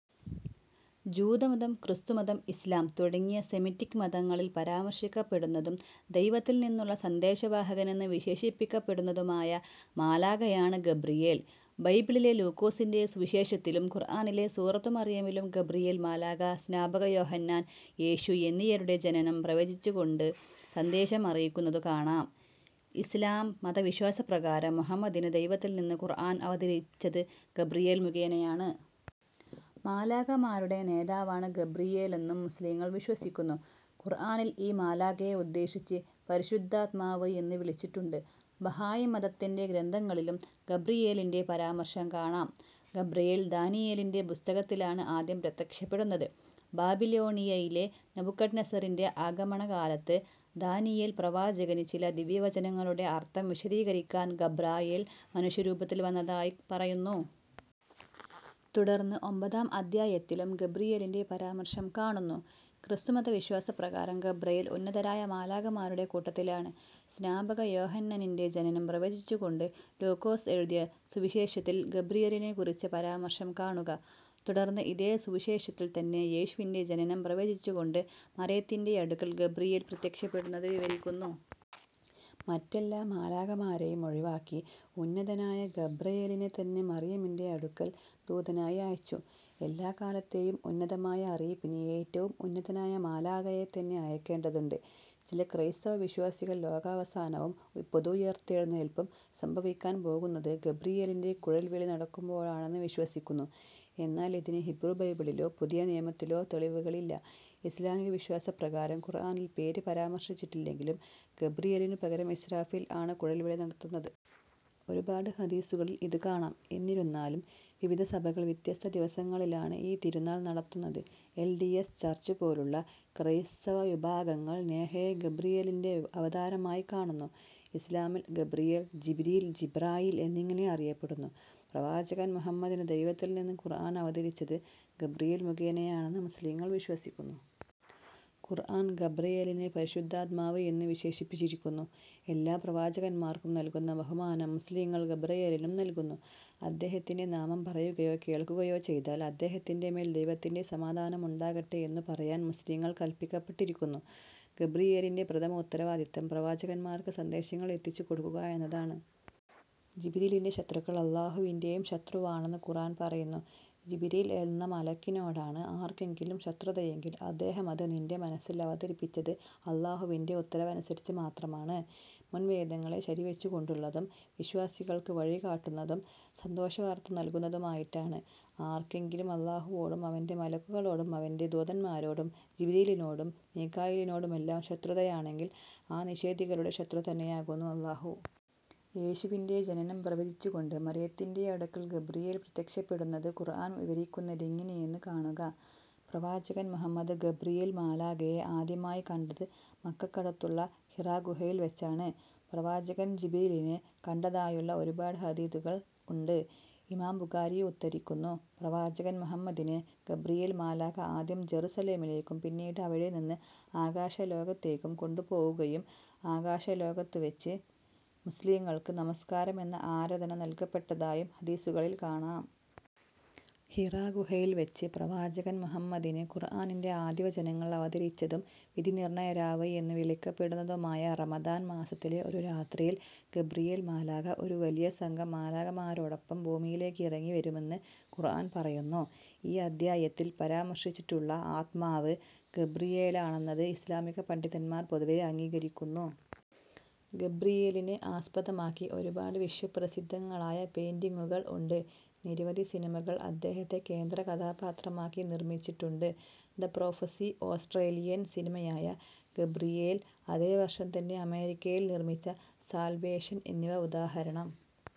ജൂതമതം, ക്രിസ്തുമതം, ഇസ്ലാം തുടങ്ങിയ സെമിറ്റിക് മതങ്ങളിൽ പരാമർശിക്കപ്പെടുന്നതും ദൈവത്തിൽ നിന്നുള്ള സന്ദേശവാഹകനെന്ന് വിശേഷിപ്പിക്കപ്പെടുന്നതുമായ മാലാഖയാണ് ഗബ്രിയേൽ. ബൈബിളിലെ ലൂക്കോസിന്റെ സുവിശേഷത്തിലും ഖുർആനിലെ സൂറത്തു മർയമിലും ഗബ്രിയേൽ മാലാഖ സ്നാപക യോഹന്നാൻ, യേശു എന്നിയരുടെ ജനനം പ്രവചിച്ചുകോണ്ട് സന്ദേശം അറിയിക്കുന്നതു കാണാം. ഇസ്ലാം മത വിശ്വാസ പ്രകാരം മുഹമ്മദിന് ദൈവത്തിൽ നിന്ന് ഖുർആൻ അവതരിച്ചത് ഗബ്രിയേൽ മുഖേനയാണ്. മാലാഖമാരുടെ നേതാവാണ് ഗബ്രിയേലെന്നും മുസ്ലിംകൾ വിശ്വസിക്കുന്നു. ഖുർആനിൽ ഈ മാലാഖയെ ഉദ്ദേശിച്ച് ' പരിശുദ്ധാത്മാവ് ' എന്ന് വിളിച്ചിട്ടുണ്ട്. ബഹായി മതത്തിന്റെ ഗ്രന്ഥങ്ങളിലും ഗബ്രിയേലിന്റെ പരാമർശം കാണാം. ഗബ്രയേൽ ദാനിയേലിന്റെ പുസ്തകത്തിലാണ്ആദ്യം പ്രത്യക്ഷപ്പെടുന്നത്. ബാബിലോണിയായിലെ നബുക്കഡ്നസറിന്റെ ആകമണ കാലത്ത് ദാനിയേൽ പ്രവാചകന് ചില ദിവ്യവചനങ്ങളുടെ അർത്ഥം വിശദീകരിക്കൻ ഗബ്രായേൽ മനുഷ്യ രൂപത്തിൽ വന്നതായി പറയുന്നു. തുടർന്ന് ഒമ്പതാം അദ്ധ്യായത്തിലും ഗബ്രിയേലിന്റെ പരാമർശം കാണുന്നു. ക്രിസ്തുമത വിശ്വാസപ്രകാരം ഗബ്രയേൽ ഉന്നതരായ മാലാഖമാരുടെ കൂട്ടത്തിലാണ്. സ്നാപക യോഹന്നനിന്റെ ജനനം പ്രവചിച്ചുകൊണ്ട് ലൂക്കോസ് എഴുതിയ സുവിശേഷത്തിൽ ഗബ്രിയേലിനെക്കുറിച്ച പരാമർശം കാണുക: തുടർന്ന് ഇതേ സുവുശേഷത്തിൽ തന്നെ യേശുവിന്റെ ജനനം പ്രവചിച്ചുകൊണ്ട് മറിയത്തിന്റെയടുക്കൽ ഗബ്രിയേൽ പ്രത്യക്ഷപ്പെടുന്നത് വിവരിക്കുന്നു. മറ്റെല്ലാ മാലാഖമാരേയും ഒഴിവാക്കി ഉന്നതനായ ഗബ്രയേലിനെ തന്നെ മറിയമിന്റെ അടുക്കൽ ദൂതനായി അയച്ചു. എല്ലാ കാലത്തേയും ഉന്നതമായ അറിയിപ്പിന് ഏറ്റവും ഉന്നതനായ മാലാഖയെത്തന്നെ അയക്കേണ്ടതുണ്ട്. ചില ക്രൈസ്തവ വിശ്വാസികൾ ലോകാവസാനവും പൊതുഉയിർത്തെഴുന്നേൽപ്പും സംഭവിക്കാൻ പോകുന്നത് ഗബ്രിയേലിന്റെ കുഴൽവിളി നടക്കുമ്പോഴാണെന്ന് വിശ്വസിക്കുന്നു, എന്നാൽ ഇതിന് ഹീബ്രു ബൈബിളിലോ പുതിയനിയമത്തിലോ തെളിവുകളില്ല ഇസ്ലാമിക വിശ്വാസ പ്രകാരം, ഖുർആനിൽ പേര് പരാമർശിച്ചിട്ടില്ലെങ്കിലും, ഗബ്രിയേലിനു പകരം ഇസ്റാഫീൽ ആണ് കുഴൽ വിളി നടത്തുന്നത്. ഒരുപാട് ഹദീസുകളിൽ ഇതു കാണാം. എന്നിരുന്നാലും വിവിധ സഭകൾ വ്യത്യസ്ത്ഥ ദിവസങ്ങളിലാണ് ഈ തിരുനാൾ നടത്തുന്നത്. എൽ. ഡി. എസ്. ചർച്ചുപോലുള്ള കൈസ്തവ വിഭാഗങ്ങൾ നേഹയെ ഗബ്രിയേലിന്റെ അവതാരമായിക്കാണുന്നു. ഇസ്ലാമിൽ ഗബ്രിയേൽ, ജിബ്രീൽ, ജിബ്രായീൽ എന്നിങ്ങനെ അറിയപ്പെടുന്നു. പ്രവാചകൻ മുഹമ്മദിന് ദൈവത്തിൽ നിന്ന് ഖുർആൻ അവതരിച്ചത് ഗബ്രിയേൽ മുഖേനയാണെന്ന് മുസ്ലിംകൾ വിശ്വസിക്കുന്നു. ഖുർആൻ ഗബ്രയേലിനെ പരിശുദ്ധാത്മാവ് എന്നു വിശേഷിപ്പിച്ചിരിക്കുന്നു. എല്ലാ പ്രവാചകന്മാർക്കും നൽകുന്ന ബഹുമാനം മുസ്ലിംകൾ ഗബ്രയേലിനും നൽകുന്നു. അദ്ദേഹത്തിന്റെ നാമം പറയുകയോ കേൾക്കുകയോ ചെയ്താൽ അദ്ദേഹത്തിന്റെ മേൽ ദൈവത്തിന്റെ സമാധാനം ഉണ്ടാകട്ടെ എന്നു പറയാൻ മുസ്ലിംകൾ കൽപിക്കപ്പെട്ടിരിക്കുന്നു. ഗബ്രിയേലിന്റെ പ്രഥമ ഉത്തരവാദിത്തം പ്രവാചകന്മാർക്ക് സന്ദേശങ്ങൾ എത്തിച്ചുകൊടുക്കുക എന്നതാണ്. ജിബ്രീലിന്റെ ശത്രുക്കൾ അല്ലാഹുവിന്റേയും ശത്രുവാണെന്ന് ഖുർആൻ പറയുന്നു: ജിബ്രീൽ എന്ന മലക്കിനോടാണ് ആർക്കെങ്കിലും ശത്രുതയെങ്കിൽ അദ്ദേഹമത് നിന്റെ മനസ്സിൽ അവതരിപ്പിച്ചത് അല്ലാഹുവിന്റെ ഉത്തരവനുസരിച്ച് മാത്രമാണ്. മുൻവേദങ്ങളെ ശരിവെച്ചുകൊണ്ടുള്ളതും, വിശ്വാസികൾക്ക് വഴി കാട്ടുന്നതും, സന്തോഷവാർത്ത നൽകുന്നതുമായിട്ടാണ്. ആർക്കെങ്കിലും അല്ലാഹുവോടും അവന്റെ മലക്കുകളോടും അവന്റെ ദൂതൻമാരോടും ജിബ്രീലിനോടും മീകാഈലിനോടുമെല്ലാം ശത്രുതയാണെങ്കിൽ ആ നിഷേധികളുടെ ശത്രുതന്നെയാകുന്നു അല്ലാഹു. യേശുവിന്റെ ജനനം പ്രവചിച്ചുകൊണ്ട് മറിയത്തിന്റെയടുക്കൽ ഗബ്രിയേൽ പ്രത്യക്ഷപ്പെടുന്നത് ഖുർആൻ വിവരിക്കുന്നതെങ്ങിനെയെന്ന് കാണുക: പ്രവാചകൻ മുഹമ്മദ് ഗബ്രിയേൽ മാലാഖയെ ആദ്യമായി കണ്ടത് മക്കക്കടുത്തുള്ള ഹിറാഗുഹയിൽ വച്ചാണ്. പ്രവാചകൻ ജിബരീലിനെ കണ്ടതായുള്ള ഒരുപാട് ഹദീഥുകൾ ഉണ്ട്. ഇമാം ബുഖാരി ഉദ്ധരിക്കുന്നു: പ്രവാചകൻ മുഹമ്മദിനെ ഗബ്രിയേൽ മാലാഖ ആദ്യം ജറുസലേമിലേക്കും പിന്നീട് അവിടെനിന്ന് ആകാശലോകത്തേയ്ക്കും കൊണ്ടുപോവുകയും ആകശലോകത്തുവച്ച് മുസ്ലിംകൾക്ക് നമസ്കാരം എന്ന ആരധന നൽകപ്പെട്ടതായും ഹദീസുകളിൽ കാണാം. ഹിറാഗുഹയിൽ വച്ച് പ്രവാചകൻ മുഹമ്മദിന് ഖുർആനിന്റെ ആദ്യവചനങ്ങൾ അവതരിച്ചതും വിധിനിർണയ രാവ് എന്നു വിളിക്കപ്പെടുന്നതുമായ റമദാൻ മാസത്തിലെ ഒരു രാത്രിയിൽ ഗബ്രിയേൽ മാലാഖ ഒരു വലിയ സംഘം മാലാഖമാരോടൊപ്പം ഭൂമിയിലെക്കിറങ്ങി വരുമെന്ന് ഖുർആൻ പറയുന്നു: ഈ അദ്ധ്യായത്തിൽ പരാമർശിച്ചിട്ടുള്ള ആത്മാവ് ഗബ്രിയേലാണെന്നത് ഇസ്ലാമിക പണ്ഡിതന്മാർ പൊതുവെ അംഗീകരിക്കുന്നു. ഗബ്രിയേലിനെ ആസ്പദമാക്കി ഒരുപാട് വിശ്വപ്രസിദ്ധങ്ങളായ പെയിന്റിങ്ങുകൾ ഉണ്ട്. നിരവധി സിനിമകൾ അദ്ദേഹത്തെ കേന്ദ്രകഥാപാത്രമാക്കി നിർമ്മിച്ചിട്ടുണ്ട്. ദ പ്രോഫസി, ഓസ്ട്രേലിയൻ സിനിമയായ ഗബ്രിയേൽ, അതേ വർഷം തന്നെ അമേരിക്കയിൽ നിർമ്മിച്ച സാൽവേഷൻ എന്നിവ ഉദാഹരണം.